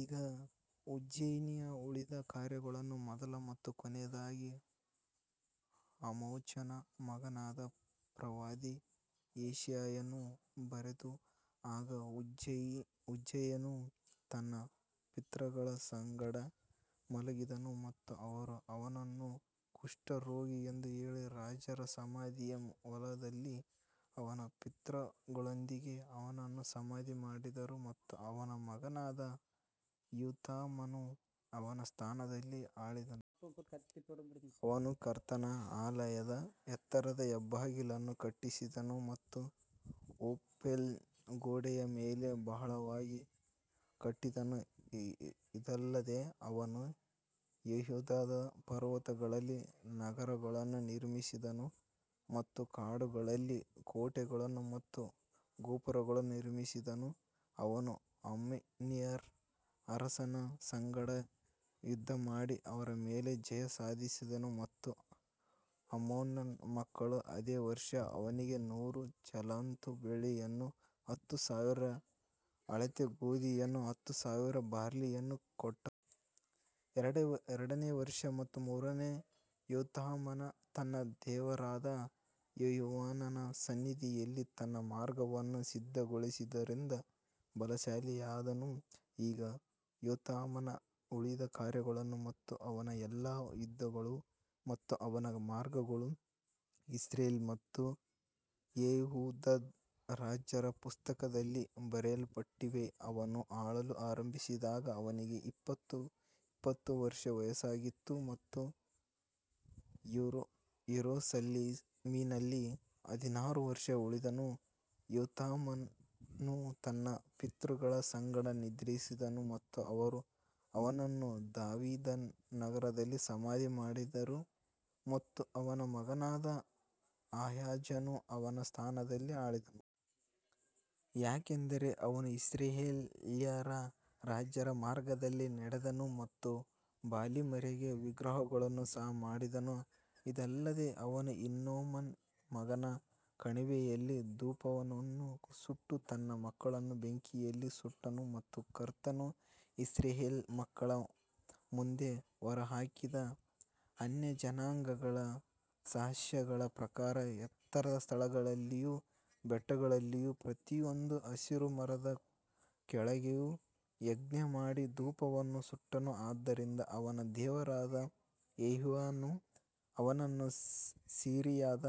ಈಗ ಉಜ್ಜೀಯನ ಉಳಿದ ಕಾರ್ಯಗಳನ್ನು ಮೊದಲ ಮತ್ತು ಕೊನೆಯದಾಗಿ ಆಮೋಚನ ಮಗನಾದ ಪ್ರವಾದಿ ಯೆಶಾಯನು ಬರೆದನು. ಆಗ ಉಜ್ಜೀಯನು ತನ್ನ ಪಿತೃಗಳ ಸಂಗಡ ಮಲಗಿದನು ಮತ್ತು ಅವರು ಅವನನ್ನು ಕುಷ್ಠರೋಗಿ ಎಂದು ಹೇಳಿ ರಾಜರ ಸಮಾಧಿಯ ಹೊಲದಲ್ಲಿ ಅವನ ಪಿತೃಗಳೊಂದಿಗೆ ಅವನನ್ನು ಸಮಾಧಿ ಮಾಡಿದರು ಮತ್ತು ಅವನ ಮಗನಾದ ಯೋತಾಮನು ಅವನ ಸ್ಥಾನದಲ್ಲಿ ಆಳಿದನು. ಅವನು ಕರ್ತನ ಆಲಯದ ಎತ್ತರದ ಹೆಬ್ಬಾಗಿಲನ್ನು ಕಟ್ಟಿಸಿದನು ಮತ್ತು ಓಫೆಲ್ನ ಗೋಡೆಯ ಮೇಲೆ ಬಹಳವಾಗಿ ಕಟ್ಟಿದನು ಇದಲ್ಲದೆ ಅವನು ಯೆಹೂದದ ಪರ್ವತಗಳಲ್ಲಿ ನಗರಗಳನ್ನು ನಿರ್ಮಿಸಿದನು ಮತ್ತು ಕಾಡುಗಳಲ್ಲಿ ಕೋಟೆಗಳು ಮತ್ತು ಗೋಪುರಗಳನ್ನು ನಿರ್ಮಿಸಿದನು ಅವನು ಅಮ್ಮೋನಿಯರ ಅರಸನ ಸಂಗಡ ಯುದ್ಧಮಾಡಿ ಅವರ ಮೇಲೆ ಜಯ ಸಾಧಿಸಿದನು ಮತ್ತು ಅಮ್ಮೋನನ ಮಕ್ಕಳು ಅದೇ ವರ್ಷ ಅವನಿಗೆ ನೂರು ತಲಾಂತು ಬೆಳ್ಳಿಯನ್ನೂ ಹತ್ತು ಸಾವಿರ ಅಳತೆ ಗೋಧಿಯನ್ನೂ ಹತ್ತು ಸಾವಿರ ಬಾರ್ಲಿಯನ್ನೂ ಕೊಟ್ಟರು. ಎರಡನೇ ವರ್ಷ ಮತ್ತು ಮೂರನೇ ಯೋತಾಮನು ತನ್ನ ದೇವರಾದ ಯೆಹೋವನ ಸನ್ನಿಧಿಯಲ್ಲಿ ತನ್ನ ಮಾರ್ಗಗಳನ್ನು ಸಿದ್ಧಗೊಳಿಸಿದ್ದರಿಂದ ಬಲಶಾಲಿಯಾದನು ಈಗ ಯೋತಾಮನ ಉಳಿದ ಕಾರ್ಯಗಳು ಮತ್ತು ಅವನ ಎಲ್ಲಾ ಯುದ್ಧಗಳು ಮತ್ತು ಅವನ ಮಾರ್ಗಗಳು ಇಸ್ರೇಲ್ ಮತ್ತು ಯೆಹೂದದ ರಾಜರ ಪುಸ್ತಕದಲ್ಲಿ ಬರೆಯಲ್ಪಟ್ಟಿವೆ. ಅವನು ಆಳಲು ಆರಂಭಿಸಿದಾಗ ಅವನಿಗೆ ಇಪ್ಪತ್ತು ಇಪ್ಪತ್ತು ವರ್ಷ ವಯಸ್ಸಾಗಿತ್ತು ಮತ್ತು ಯೆರೂಸಲೇಮಿನಲ್ಲಿ ಹದಿನಾರು ವರ್ಷ ಆಳಿದನು ಯೋತಾಮನು ತನ್ನ ಪಿತೃಗಳ ಸಂಗಡ ನಿದ್ರಿಸಿದನು ಮತ್ತು ಅವರು ಅವನನ್ನು ದಾವೀದನ ನಗರದಲ್ಲಿ ಸಮಾಧಿ ಮಾಡಿದರು ಮತ್ತು ಅವನ ಮಗನಾದ ಆಹಾಜನು ಅವನ ಸ್ಥಾನದಲ್ಲಿ ಆಳಿದನು. ಯಾಕಂದರೆ ಅವನು ಇಸ್ರಾಯೇಲ್ಯರ ರಾಜರ ಮಾರ್ಗದಲ್ಲಿ ನಡೆದನು ಮತ್ತು ಬಾಲೀಮರಿಗೆ ವಿಗ್ರಹಗಳನ್ನು ಸಹ ಮಾಡಿದನು ಇದಲ್ಲದೆ ಅವನು ಹಿನ್ನೋಮನ ಮಗನ ಕಣಿವೆಯಲ್ಲಿ ಧೂಪವನ್ನು ಸುಟ್ಟು ತನ್ನ ಮಕ್ಕಳನ್ನು ಬೆಂಕಿಯಲ್ಲಿ ಸುಟ್ಟನು ಮತ್ತು ಕರ್ತನು ಇಸ್ರಾಯೇಲ್ ಮಕ್ಕಳ ಮುಂದೆ ಹೊರಹಾಕಿದ ಅನ್ಯಜನಾಂಗಗಳ ಅಸಹ್ಯಗಳ ಪ್ರಕಾರ. ಎತ್ತರದ ಸ್ಥಳಗಳಲ್ಲಿಯೂ ಬೆಟ್ಟಗಳಲ್ಲಿಯೂ ಪ್ರತಿಯೊಂದು ಹಸಿರು ಮರದ ಕೆಳಗೆಯೂ ಯಜ್ಞಮಾಡಿ ಧೂಪವನ್ನು ಸುಟ್ಟನು ಆದದರಿಂದ ಅವನ ದೇವರಾದ ಯೆಹೋವನು ಅವನನ್ನು ಸಿರಿಯಾದ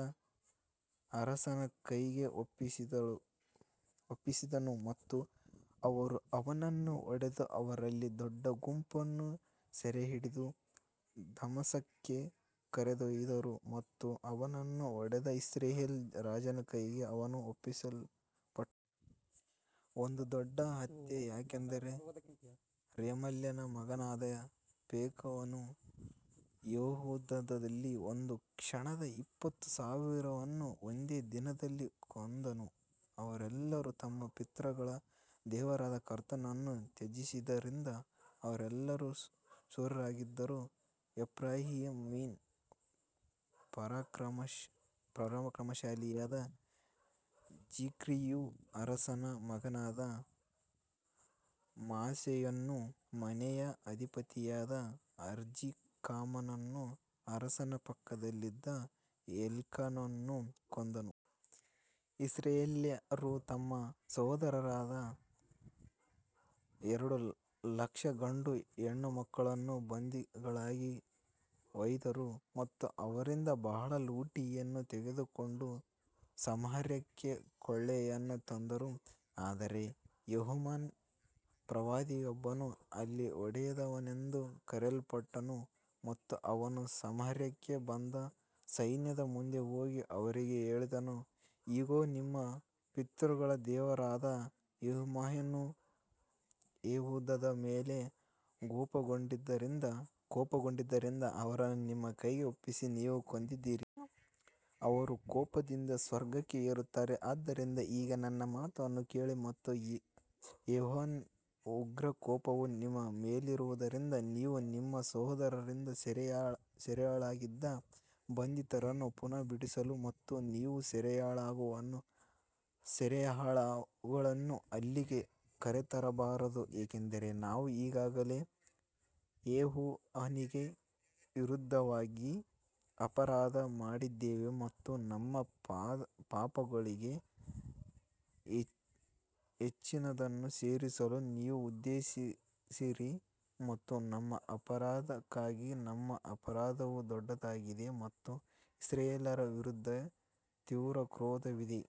ಅರಸನ ಕೈಗೆ ಒಪ್ಪಿಸಿದನು ಮತ್ತು ಅವರು ಅವನನ್ನು ಹೊಡೆದು ಅವರಲ್ಲಿ ದೊಡ್ಡ ಗುಂಪನ್ನು ಸೆರೆಹಿಡಿದು ದಮಸ್ಕಕ್ಕೆ ಕರೆದೊಯ್ದರು ಮತ್ತು ಅವನನ್ನು ಹೊಡೆದ ಇಸ್ರಾಯೇಲ್ ರಾಜನ ಕೈಗೆ ಅವನು ಒಪ್ಪಿಸಲ್ಪಟ್ಟನು. ಒಂದು ದೊಡ್ಡ ಹತ್ಯೆ ಯಾಕಂದರೆ ರೆಮಲ್ಯನ ಮಗನಾದ ಪೆಕಹನು ಯೆಹೂದದಲ್ಲಿ ಒಂದು ಲಕ್ಷದ ಇಪ್ಪತ್ತು ಸಾವಿರವನ್ನು ಒಂದೇ ದಿನದಲ್ಲಿ ಕೊಂದನು, ಅವರೆಲ್ಲರು ತಮ್ಮ ಪಿತೃಗಳ ದೇವರಾದ ಕರ್ತನನ್ನು ತ್ಯಜಿಸಿದ್ದರಿಂದ ಅವರೆಲ್ಲರೂ ಶೂರರಾಗಿದ್ದರು. ಎಫ್ರಾಯೀಮಿನ ಪರಾಕ್ರಮಶಾಲಿಯಾದ ಜಿಕ್ರಿಯು ಅರಸನ ಮಗನಾದ ಮಾಸೇಯನನ್ನೂ ಮನೆಯ ಅಧಿಪತಿಯಾದ ಅಜ್ರಿಕಾಮನನ್ನೂ ಅರಸನ ಪಕ್ಕದಲ್ಲಿದ್ದ ಎಲ್ಕಾನನನ್ನೂ ಕೊಂದನು. ಇಸ್ರಾಯೇಲ್ಯರು ತಮ್ಮ ಸಹೋದರರಾದ ಎರಡು ಲಕ್ಷ ಗಂಡು ಹೆಣ್ಣು ಮಕ್ಕಳನ್ನು ಬಂಧಿಗಳಾಗಿ ಒಯ್ದರು ಮತ್ತು ಅವರಿಂದ ಬಹಳ ಲೂಟಿಯನ್ನು ತೆಗೆದುಕೊಂಡು ಸಮಾರ್ಯಕ್ಕೆ ಕೊಳ್ಳೆಯನ್ನು ತಂದರು. ಆದರೆ ಯೆಹೋವನ ಪ್ರವಾದಿಯೊಬ್ಬನು ಅಲ್ಲಿ ಓಡೇದನೆಂದು ಕರೆಯಲ್ಪಟ್ಟನು ಮತ್ತು ಅವನು ಸಮಾರ್ಯಕ್ಕೆ ಬಂದ ಸೈನ್ಯದ ಮುಂದೆ ಹೋಗಿ ಅವರಿಗೆ ಹೇಳಿದನು, ಇಗೋ, ನಿಮ್ಮ ಪಿತೃಗಳ ದೇವರಾದ ಯೆಹೋವನು ಯೆಹೂದದ ಮೇಲೆ ಕೋಪಗೊಂಡಿದ್ದರಿಂದ ಅವರನ್ನು ನಿಮ್ಮ ಕೈಗೆ ಒಪ್ಪಿಸಿ ನೀವು ಕೊಂದಿದ್ದೀರಿ. ಅವರು ಕೋಪದಿಂದ ಸ್ವರ್ಗಕ್ಕೆ ಏರುತ್ತಾರೆ ಆದುದರಿಂದ ಈಗ ನನ್ನ ಮಾತನ್ನು ಕೇಳಿ ಮತ್ತು ಯೆಹೋವನ ಉಗ್ರ ಕೋಪವು ನಿಮ್ಮ ಮೇಲಿರುವದರಿಂದ ನೀವು ನಿಮ್ಮ ಸಹೋದರರಿಂದ ಸೆರೆಯಾಳಾಗಿದ್ದ ಬಂಧಿತರನ್ನು ಪುನಃ ಬಿಡಿಸು. ಮತ್ತು ನೀವು ಸೆರೆಯಾಳುಗಳನ್ನು ಇಲ್ಲಿಗೆ ಕರೆತರಬಾರದು, ಏಕೆಂದರೆ ನಾವು ಈಗಾಗಲೇ ಯೆಹೋವನಿಗೆ ವಿರುದ್ಧವಾಗಿ ಅಪರಾಧ ಮಾಡಿದ್ದೇವೆ ಮತ್ತು ನಮ್ಮ ಪಾಪಗಳಿಗೆ ಹೆಚ್ಚಿನದನ್ನು ಸೇರಿಸಲು ನೀವು ಉದ್ದೇಶಿಸಿದ್ದೀರಿ ಮತ್ತು ನಮ್ಮ ಅಪರಾಧಕ್ಕಾಗಿ ನಮ್ಮ ಅಪರಾಧವು ದೊಡ್ಡದಾಗಿದೆ ಮತ್ತು ಇಸ್ರಾಯೇಲ್ಯರ ವಿರುದ್ಧ ತೀವ್ರ ಕ್ರೋಧವಿದೆ.